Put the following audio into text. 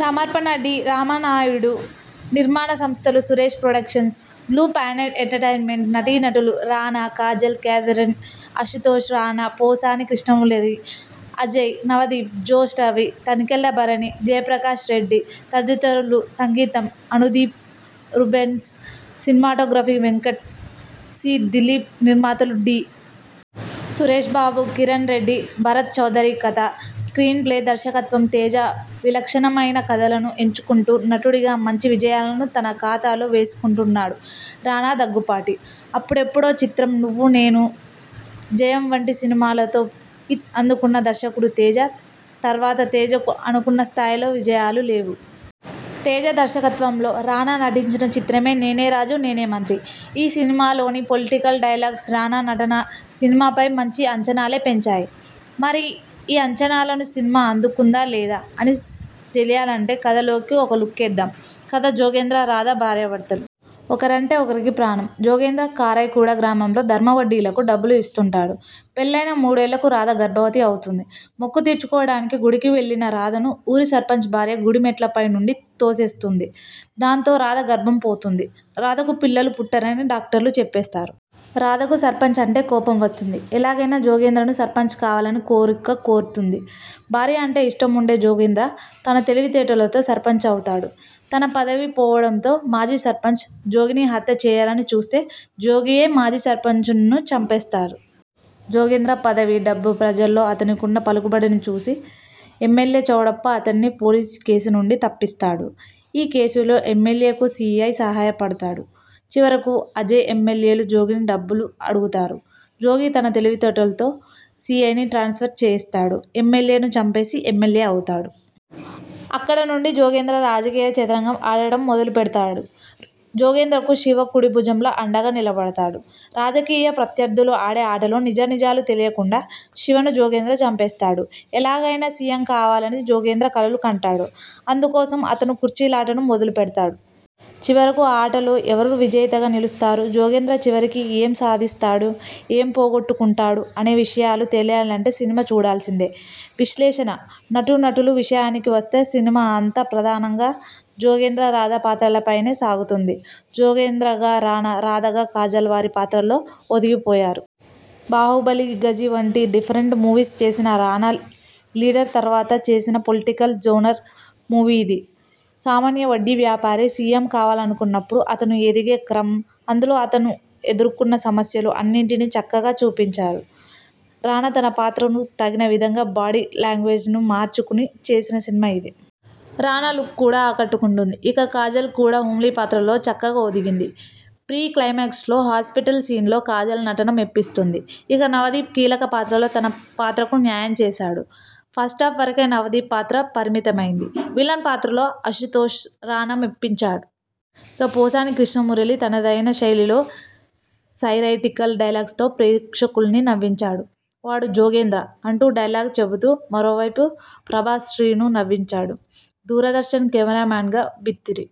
సమర్పణ డి. రామానాయుడు నిర్మాణ సంస్థలు Suresh Productions, Blue Planet Entertainments నటీనటులు రానా, కాజల్, కేథరిన్, అశుతోష్ రాణా, పోసాని కృష్ణమురళి, అజయ్, నవదీప్, జోష్ రవి, తనికెళ్లభరణి, జయప్రకాష్ రెడ్డి తదితరులు సంగీతం Anudeep Rubens cinematography Venkat C. Dilip నిర్మాతలు డి. సురేష్బాబు, కిరణ్రెడ్డి, భరత్ చౌదరి కథ, స్క్రీన్ప్లే, దర్శకత్వం తేజ విలక్షణమైన కథలను ఎంచుకుంటూ నటుడిగా మంచి విజయాలను తన ఖాతాలో వేసుకుంటున్నాడు రానా దగ్గుబాటి. అప్పుడెప్పుడో చిత్రం, నువ్వు నేను, జయం వంటి సినిమాలతో హిట్స్ అందుకున్న దర్శకుడు తేజ. తర్వాత తేజకు అనుకున్న స్థాయిలో విజయాలు లేవు. తేజ దర్శకత్వంలో రానా నటించిన చిత్రమే 'నేనే రాజు నేనే మంత్రి'. ఈ సినిమాలోని పొలిటికల్ డైలాగ్స్, రానా నటన సినిమాపై మంచి అంచనాలే పెంచాయి. మరి ఈ అంచనాలను సినిమా అందుకుందా? లేదా? అని తెలియాలంటే కథలోకి ఓ లుక్కేదాం.. కథ జోగేంద్ర, రాధ భార్యభర్తలు. ఒకరంటే ఒకరికి ప్రాణం. జోగేంద్ర కారైకూడా గ్రామంలో ధర్మ వడ్డీలకు డబ్బులు ఇస్తుంటాడు. పెళ్లైయిన మూడేళ్లకు రాధ గర్భవతి అవుతుంది. మొక్కు తీర్చుకోవడానికి గుడికి వెళ్లిన రాధను ఊరి సర్పంచ్ భార్య గుడి మెట్లపై నుండి తోసేస్తుంది. దాంతో రాధ గర్భం పోతుంది. రాధకు పిల్లలు పుట్టరని డాక్టర్లు చెప్పేస్తారు. రాధకు సర్పంచ్ అంటే కోపం వస్తుంది. ఎలాగైనా జోగేంద్రను సర్పంచ్ కావాలని కోరిక కోరుతుంది. భార్య అంటే ఇష్టముండే జోగేంద్ర తన తెలివి తేటలతో సర్పంచ్ అవుతాడు. తన పదవి పోవడంతో మాజీ సర్పంచ్, జోగిని హత్య చేయాలని చూస్తే, జోగియే మాజీ సర్పంచ్ను చంపేస్తారు. జోగేంద్ర పదవి, డబ్బు, ప్రజల్లో అతనికున్న పలుకుబడిని చూసి ఎమ్మెల్యే చౌడప్ప అతన్ని పోలీసు కేసు నుండి తప్పిస్తాడు. ఈ కేసులో ఎమ్మెల్యేకు సి. ఐ సహాయపడతాడు. చివరకు అజయ్, ఎమ్మెల్యేలు జోగిని డబ్బులు అడుగుతారు. జోగి తన తెలివితో సిఐని ట్రాన్స్ఫర్ చేయిస్తాడు. ఎమ్మెల్యేను చంపేసి ఎమ్మెల్యే అవుతాడు. అక్కడ నుండి జోగేంద్ర రాజకీయ చదరంగం ఆడటం మొదలు పెడతాడు. జోగేంద్రకు శివ కుడి భుజంలా అండగా నిలబడతాడు. రాజకీయ ప్రత్యర్థులు ఆడే ఆటలో నిజా నిజాలు తెలియకుండా శివను జోగేంద్ర చంపేస్తాడు. ఎలాగైనా సీఎం కావాలని జోగేంద్ర కలలు కంటాడు. అందుకోసం అతను కుర్చీలాటను మొదలు పెడతాడు. చివరకు ఆ ఆటలో ఎవరు విజేతగా నిలుస్తారు? జోగేంద్ర చివరికి ఏం సాధిస్తాడు? ఏం పొగొట్టుకుంటాడు? అనే విషయాలు తెలియాలంటే సినిమా చూడాల్సిందే. విశ్లేషణ నటీనటులు విషయానికి వస్తే సినిమా అంతా ప్రధానంగా జోగేంద్ర, రాధ పాత్రలపైనే సాగుతుంది. జోగేంద్రగా రానా, రాధగా కాజల్ వారి పాత్రల్లో ఒదిగిపోయారు. బాహుబలి, ఘాజీ వంటి డిఫరెంట్ మూవీస్ చేసిన రానా లీడర్ తర్వాత చేసిన పొలిటికల్ జోనర్ మూవీ ఇది. సామాన్య వడ్డీ వ్యాపారి సీఎం కావాలనుకున్నప్పుడు అతను ఎదిగే క్రమ్, అందులో అతను ఎదుర్కొనే సమస్యలు అన్నింటినీ చక్కగా చూపించారు. రానా తన పాత్రకు తగిన విధంగా బాడీ లాంగ్వేజ్ను మార్చుకుని చేసిన సినిమా ఇది. రానా లుక్ కూడా ఆకట్టుకుంటుంది. ఇక కాజల్ కూడా హోమ్లి పాత్రలో చక్కగా ఒదిగింది. ప్రీ క్లైమాక్స్లో హాస్పిటల్ సీన్లో కాజల్ నటన మెప్పిస్తుంది. ఇక నవదీప్ కీలక పాత్రలో తన పాత్రకు న్యాయం చేశాడు. ఫస్టాఫ్ వరకే నవదీప్ పాత్ర పరిమితమైంది. విలన్ పాత్రలో అశుతోష్ రానా మెప్పించాడు. ఇక పోసాని కృష్ణమురళి తనదైన శైలిలో సైరటికల్ డైలాగ్స్తో ప్రేక్షకులను నవ్వించాడు. వాడు జోగేంద్ర.. అంటూ డైలాగ్ చెబుతూ మరోవైపు ప్రభాస్ శ్రీను నవ్వించాడు. దూరదర్శన్ కెమెరామెన్గా బిత్తిరి